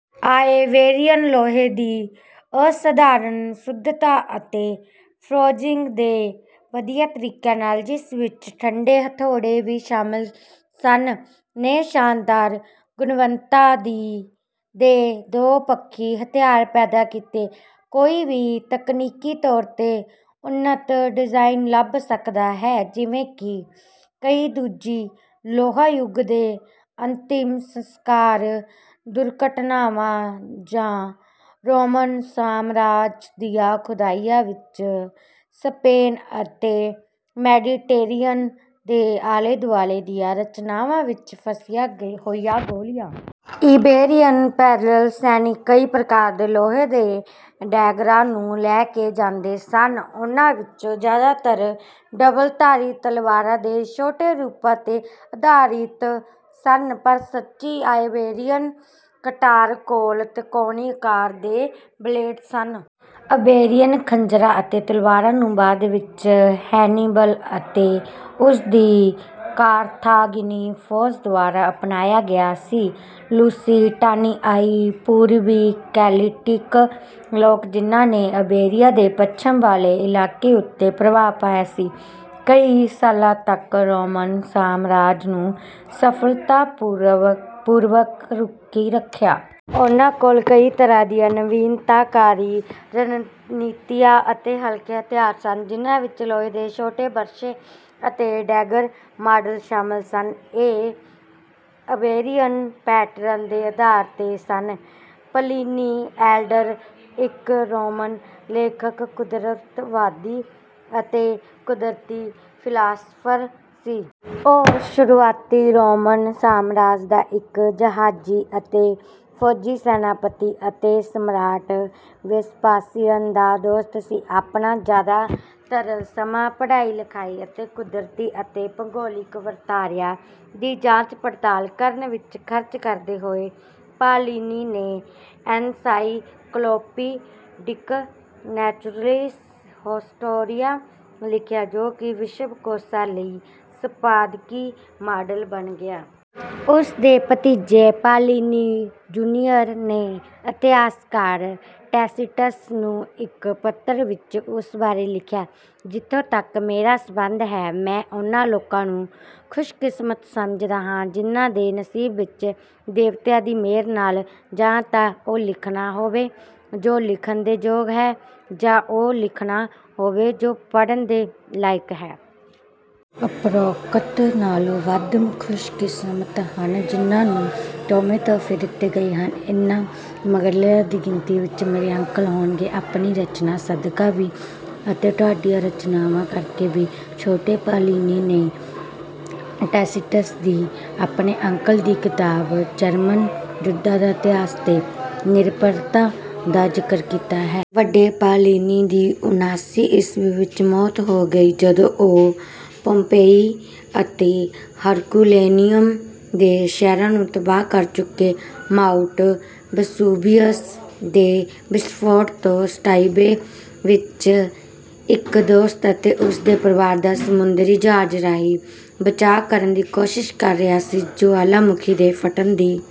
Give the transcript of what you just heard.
Iberian ਲੋਹੇ ਦੀ ਅਸਧਾਰਨ ਸ਼ੁੱਧਤਾ ਅਤੇ ਫੋਰਜਿੰਗ ਦੇ ਵਧੀਆ ਤਰੀਕਿਆਂ ਨਾਲ, ਜਿਸ ਵਿੱਚ ਠੰਡੇ ਹਥੌੜੇ ਵੀ ਸ਼ਾਮਲ ਸਨ, ਨੇ ਸ਼ਾਨਦਾਰ ਗੁਣਵੱਤਾ ਦੇ ਦੋ-ਪੱਖੀ ਹਥਿਆਰ ਪੈਦਾ ਕੀਤੇ। ਕੋਈ ਵੀ ਤਕਨੀਕੀ ਤੌਰ 'ਤੇ ਉੱਨਤ ਡਿਜ਼ਾਈਨ ਲੱਭ ਸਕਦਾ ਹੈ ਜਿਵੇਂ ਕਿ ਕਈ ਦੂਜੀ ਲੋਹਾ ਯੁੱਗ ਦੇ ਅੰਤਿਮ ਸੰਸਕਾਰ, ਦੁਰਘਟਨਾਵਾਂ ਜਾਂ ਰੋਮਨ ਸਾਮਰਾਜ ਦੀਆਂ ਖੁਦਾਈਆਂ ਵਿੱਚ ਸਪੇਨ ਅਤੇ ਮੈਡੀਟੇਰੀਅਨ ਦੇ ਆਲੇ-ਦੁਆਲੇ ਦੀਆਂ ਰਚਨਾਵਾਂ ਵਿੱਚ ਫਸੀਆਂ ਹੋਈਆਂ ਗੋਲੀਆਂ। ਇਬੇਰੀਅਨ ਪੈਦਲ ਸੈਨਿਕ ਕਈ ਪ੍ਰਕਾਰ ਦੇ ਲੋਹੇ ਦੇ ਡੈਗਰਾਂ ਨੂੰ ਲੈ ਕੇ ਜਾਂਦੇ ਸਨ। ਉਨ੍ਹਾਂ ਵਿੱਚੋਂ ਜ਼ਿਆਦਾਤਰ ਡਬਲ-ਧਾਰੀ ਤਲਵਾਰਾਂ ਦੇ ਛੋਟੇ ਰੂਪਾਂ 'ਤੇ ਆਧਾਰਿਤ ਸਨ, ਪਰ ਸੱਚੀ ਆਇਬੇਰੀਅਨ ਕਟਾਰ ਕੋਲ ਤਿਕੋਣੀ ਆਕਾਰ ਦੇ ਬਲੇਡ ਸਨ। ਇਬੇਰੀਅਨ ਖੰਜਰਾਂ ਅਤੇ ਤਲਵਾਰਾਂ ਨੂੰ ਬਾਅਦ ਵਿੱਚ ਹੈਨੀਬਲ ਅਤੇ ਉਸ ਦੀ ਕਾਰਥਾਗਿਨੀ ਫੌਜ ਦੁਆਰਾ ਅਪਣਾਇਆ ਗਿਆ ਸੀ। ਲੂਸੀਟਾਨੀਆਈ, ਪੂਰਬੀ ਕੈਲਟਿਕ ਲੋਕ ਜਿਨ੍ਹਾਂ ਨੇ ਇਬੇਰੀਆ ਦੇ ਪੱਛਮ ਵਾਲੇ ਇਲਾਕੇ ਉੱਤੇ ਪ੍ਰਭਾਵ ਪਾਇਆ ਸੀ, ਕਈ ਸਾਲਾਂ ਤੱਕ ਰੋਮਨ ਸਾਮਰਾਜ ਨੂੰ ਸਫਲਤਾਪੂਰਵਕ ਰੋਕੀ ਰੱਖਿਆ। ਉਨ੍ਹਾਂ ਕੋਲ ਕਈ ਤਰ੍ਹਾਂ ਦੀਆਂ ਨਵੀਨਤਾਕਾਰੀ ਰਣਨੀਤੀਆਂ ਅਤੇ ਹਲਕੇ ਹਥਿਆਰ ਸਨ, ਜਿਨ੍ਹਾਂ ਵਿੱਚ ਲੋਹੇ ਦੇ ਛੋਟੇ ਬਰਛੇ ਅਤੇ ਡੈਗਰ ਮਾਡਲ ਸ਼ਾਮਲ ਸਨ। ਇਹ ਇਬੇਰੀਅਨ ਪੈਟਰਨ ਦੇ ਆਧਾਰ 'ਤੇ ਸਨ। ਪਲੀਨੀ ਐਲਡਰ ਇੱਕ ਰੋਮਨ ਲੇਖਕ, ਕੁਦਰਤਵਾਦੀ ਅਤੇ ਕੁਦਰਤੀ ਫ਼ਿਲਾਸਫ਼ਰ ਸੀ। ਉਹ ਸ਼ੁਰੂਆਤੀ ਰੋਮਨ ਸਾਮਰਾਜ ਦਾ ਇੱਕ ਜਹਾਜ਼ੀ ਅਤੇ ਫੌਜੀ ਸੈਨਾਪਤੀ ਅਤੇ ਸਮਰਾਟ ਵੇਸਪਾਸੀਅਨ ਦਾ ਦੋਸਤ ਸੀ। ਆਪਣਾ ਜ਼ਿਆਦਾਤਰ ਸਮਾਂ ਪੜ੍ਹਾਈ, ਲਿਖਾਈ ਅਤੇ ਕੁਦਰਤੀ ਅਤੇ ਭੂਗੋਲਿਕ ਵਰਤਾਰਿਆਂ ਦੀ ਜਾਂਚ-ਪੜਤਾਲ ਕਰਨ ਵਿੱਚ ਖ਼ਰਚ ਕਰਦੇ ਹੋਏ, ਪਲੀਨੀ ਨੇ ਐਨਸਾਈਕਲੋਪੀਡਿਕ ਨੈਚੁਰੈਲਿਸ ਹਿਸਟੋਰੀਆ ਲਿਖਿਆ, ਜੋ ਕਿ ਵਿਸ਼ਵ ਕੋਸ਼ਾਂ ਲਈ ਸੰਪਾਦਕੀ ਮਾਡਲ ਬਣ ਗਿਆ। ਉਸ ਦੇ ਭਤੀਜੇ, ਪਾਲੀਨੀ ਜੂਨੀਅਰ ਨੇ ਇਤਿਹਾਸਕਾਰ ਟੈਸੀਟਸ ਨੂੰ ਇੱਕ ਪੱਤਰ ਵਿੱਚ ਉਸ ਬਾਰੇ ਲਿਖਿਆ: "ਜਿੱਥੋਂ ਤੱਕ ਮੇਰਾ ਸੰਬੰਧ ਹੈ, ਮੈਂ ਉਹਨਾਂ ਲੋਕਾਂ ਨੂੰ ਖੁਸ਼ਕਿਸਮਤ ਸਮਝਦਾ ਹਾਂ ਜਿਨ੍ਹਾਂ ਦੇ ਨਸੀਬ ਵਿੱਚ ਦੇਵਤਿਆਂ ਦੀ ਮਿਹਰ ਨਾਲ, ਜਾਂ ਤਾਂ ਉਹ ਲਿਖਣਾ ਹੋਵੇ ਜੋ ਲਿਖਣ ਦੇ ਯੋਗ ਹੈ, ਜਾਂ ਉਹ ਲਿਖਣਾ ਹੋਵੇ ਜੋ ਪੜ੍ਹਨ ਦੇ ਲਾਇਕ ਹੈ। ਉਪਰੋਕਤ ਨਾਲੋਂ ਵੱਧ ਖੁਸ਼ਕਿਸਮਤ ਹਨ ਜਿਨ੍ਹਾਂ ਨੂੰ ਦੋਨੋਂ ਤੋਹਫ਼ੇ ਦਿੱਤੇ ਗਏ ਹਨ। ਇਨ੍ਹਾਂ ਮਗਰਲਿਆਂ ਦੀ ਗਿਣਤੀ ਵਿੱਚ ਮੇਰੇ ਅੰਕਲ ਹੋਣਗੇ, ਆਪਣੀ ਰਚਨਾ ਸਦਕਾ ਵੀ ਅਤੇ ਤੁਹਾਡੀਆਂ ਰਚਨਾਵਾਂ ਕਰਕੇ ਵੀ।" ਛੋਟੇ ਪਾਲੀਨੀ ਨੇ ਟੈਸੀਟਸ ਦੀ ਆਪਣੇ ਅੰਕਲ ਦੀ ਕਿਤਾਬ, ਜਰਮਨ ਯੁੱਧਾਂ ਦਾ ਇਤਿਹਾਸ 'ਤੇ ਨਿਰਭਰਤਾ ਦਾ ਜ਼ਿਕਰ ਕੀਤਾ ਹੈ। ਵੱਡੇ ਪਾਲੀਨੀ ਦੀ ਉਨ੍ਹਾਂਸੀ ਈਸਵੀ ਵਿੱਚ ਮੌਤ ਹੋ ਗਈ, ਜਦੋਂ ਉਹ ਪੋਮਪੇਈ ਅਤੇ ਹਰਕੁਲੇਨੀਅਮ ਦੇ ਸ਼ਹਿਰਾਂ ਨੂੰ ਤਬਾਹ ਕਰ ਚੁੱਕੇ ਮਾਊਂਟ ਵੇਸੂਵੀਅਸ ਦੇ ਵਿਸਫੋਟ ਤੋਂ ਸਟਾਬੀਏ ਵਿੱਚ ਇੱਕ ਦੋਸਤ ਅਤੇ ਉਸ ਦੇ ਪਰਿਵਾਰ ਦਾ ਸਮੁੰਦਰੀ ਜਹਾਜ਼ ਰਾਹੀਂ ਬਚਾਅ ਕਰਨ ਦੀ ਕੋਸ਼ਿਸ਼ ਕਰ ਰਿਹਾ ਸੀ। ਜੁਆਲਾਮੁਖੀ ਦੇ ਫਟਣ ਦੀ